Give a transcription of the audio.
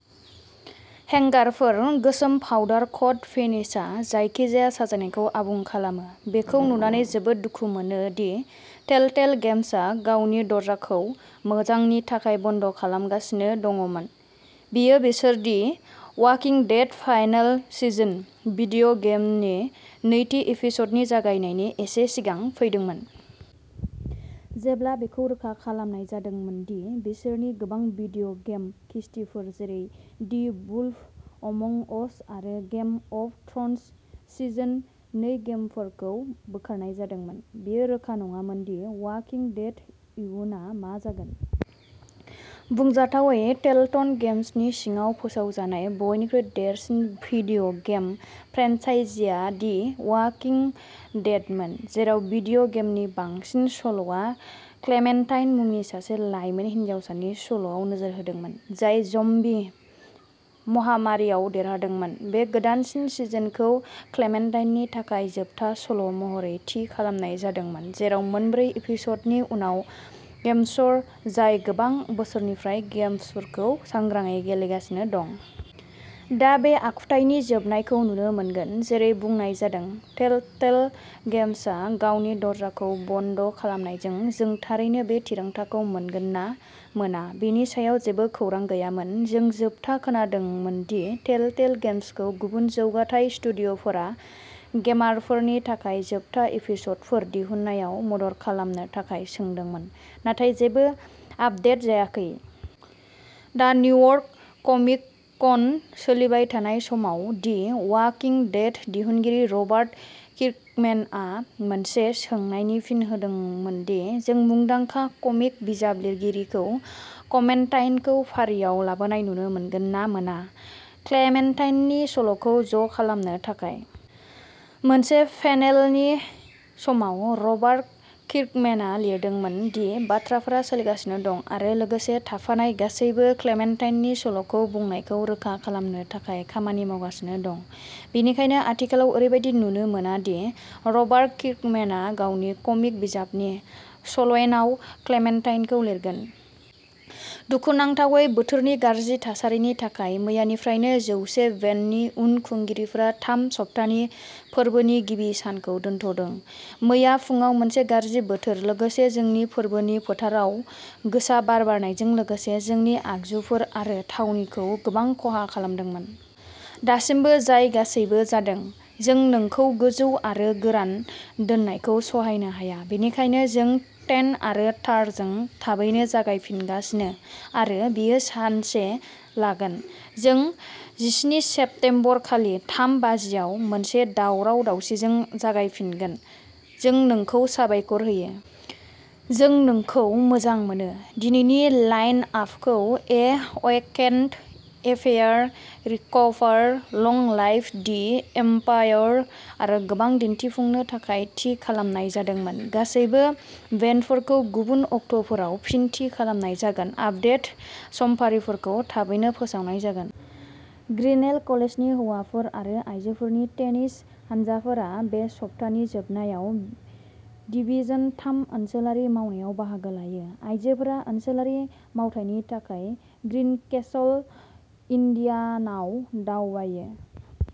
हेंगारफोर, गोसोम पाउडार-कट फिनिशआ जायखिजाया साजायनायखौ आबुं खालामो। बेखौ नुनानै जोबोद दुखु मोनो दि टेलटेल गेम्सआ गावनि दरजाखौ मोजांनि थाखाय बन्द खालामगासिनो दङमोन। बेयो बिसोरनि the walking dead final season video गेमनि नैथि एपिस'डनि जागायनायनि एसे सिगां फैदोंमोन। जेब्ला बेखौ रोखा खालामनाय जादोंमोन दि बिसोरनि गोबां भिडिअ गेम किस्तिफोर जेरै दि वुल्फ अमंग अस आरो गेम अफ थ्र'न्स सिजोन नै गेमफोरखौ बोखारनाय जादोंमोन, बेयो रोखा नङामोन दि अवाकिं डेडनि इयुनआ मा जागोन। बुंजाथावै टेलटन गेम्सनि सिङाव फोसावजानाय बयनिख्रुइ देरसिन भिडिअ गेम फ्रेन्चाइजिआ दि अवाकिंग डेडमोन, जेराव भिडिअ गेमनि बांसिन सल'आ क्लेमेन्टाइन मुंनि सासे लाइमोन हिनजावसानि सल'आव नोजोर होदोंमोन, जाय ज'म्बि महामारिआव देरदोंमोन। बे गोदानसिन सिजोनखौ क्लेमेन्टाइननि थाखाय जोबथा सल' महरै थि खालामनाय जादोंमोन, जेराव मोनब्रै एपिस'डनि उनाव, गेमर्स जाय गोबां बोसोरफोरनिफ्राय गेमफोरखौ सांग्राङै गेलेगासिनो दं। दा बे आखुथायनि जोबनायखौ नुनो मोनगोन। जेरै बुंनाय जादों, टेलटेल गेम्सआ गावनि दरजाखौ बन्द खालामनायजों, जों थारैनो बे थिरांथाखौ मोनगोन ना मोना बेनि सायाव जेबो खौरां गैयामोन। जों जोबथा खोनादोंमोन दि टेलटेल गेम्सखौ गुबुन जौगाथाय स्टुडिय'फोरा गेमारफोरनि थाखाय जोबथा एपिस'डफोर दिहुननायाव मदद खालामनो थाखाय सोंदोंमोन, नाथाय जेबो आपदेट जायाखै। दा निउयर्क कमिक कन सोलिबाय थानाय समाव, दि अवाकिं डेडनि दिहुनगिरि रबार्ट किर्कमेनआ मोनसे सोंनायनि फिन होदोंमोन दि जों मुंदांखा कमिक बिजाब लिरगिरिखौ क्लेमेन्टाइनखौ फारिआव लाबोनाय नुनो मोनगोन ना मोना, क्लेमेन्टाइननि सल'खौ ज'खालामनो थाखाय। मोनसे पेनेलनि समाव, रबार्ट किर्कमेनआ लिरदोंमोन दि बाथ्राफोरा सोलिगासिनो दं आरो लोगोसे थाफानाय गासैबो क्लेमेन्टाइननि सल'खौ बुंनायखौ रोखा खालामनो थाखाय खामानि मावगासिनो दं। बेनिखायनो आथिखालाव, ओरैबादि नुनो मोना दि रबार्ट किर्कमेनआ गावनि कमिक बिजाबनि सल'इनआव क्लेमेन्टाइनखौ लिरगोन। दुखुनांथावै, बोथोरनि गाज्रि थासारिनि थाखाय। मैयानिफ्रायनो, जौसे बेन्डनि उन खुंगिरिफोरा थाम सप्तानि फोरबोनि गिबि सानखौ दोनथ'दों। मैया फुङाव मोनसे गाज्रि बोथोर, लोगोसे जोंनि फोरबोनि फोथारफोराव गोसा बार बारनायजों लोगोसे जोंनि आगजुफोर आरो थावनिखौ गोबां खहा खालामदोंमोन। दासिमबो जाय गासैबो जादों, जों नोंखौ गोजौ आरो गोरान दोननायखौ सहायनो हाया। बेनिखायनो जों टेन्ट आरो तारजों थाबैनो जागायफिनगासिनो आरो बेयो सानसे लागोन। जों जिस्नि सेप्तेम्बर खालि थाम बाजिआव मोनसे दावराव-दावसिजों जागायफिनगोन। जों नोंखौ साबायखर होयो। जों नोंखौ मोजां मोनो। दिनैनि लाइन-आपखौ a vacant affair, recover, long live the empire आरो गोबां दिन्थिफुंनो थाखाय थि खालामनाय जादोंमोन। गासैबो बेन्डफोरखौ गुबुन अक्ट'फोराव फिन थि खालामनाय जागोन, आपडेटेड समफारिफोरखौ थाबैनो फोसावनाय जागोन। ग्रिनेल कलेजनि हौवाफोर आरो आयजोफोरनि टेनिस हानजाफोरा बे सप्तानि जोबनायाव डिभिजन थाम ओनसोलारि मावनायाव बाहागो लायो। आयजोफोरा ओनसोलारि मावथायनि थाखाय ग्रीनकेसल, इन्डियानायाव दावबायो।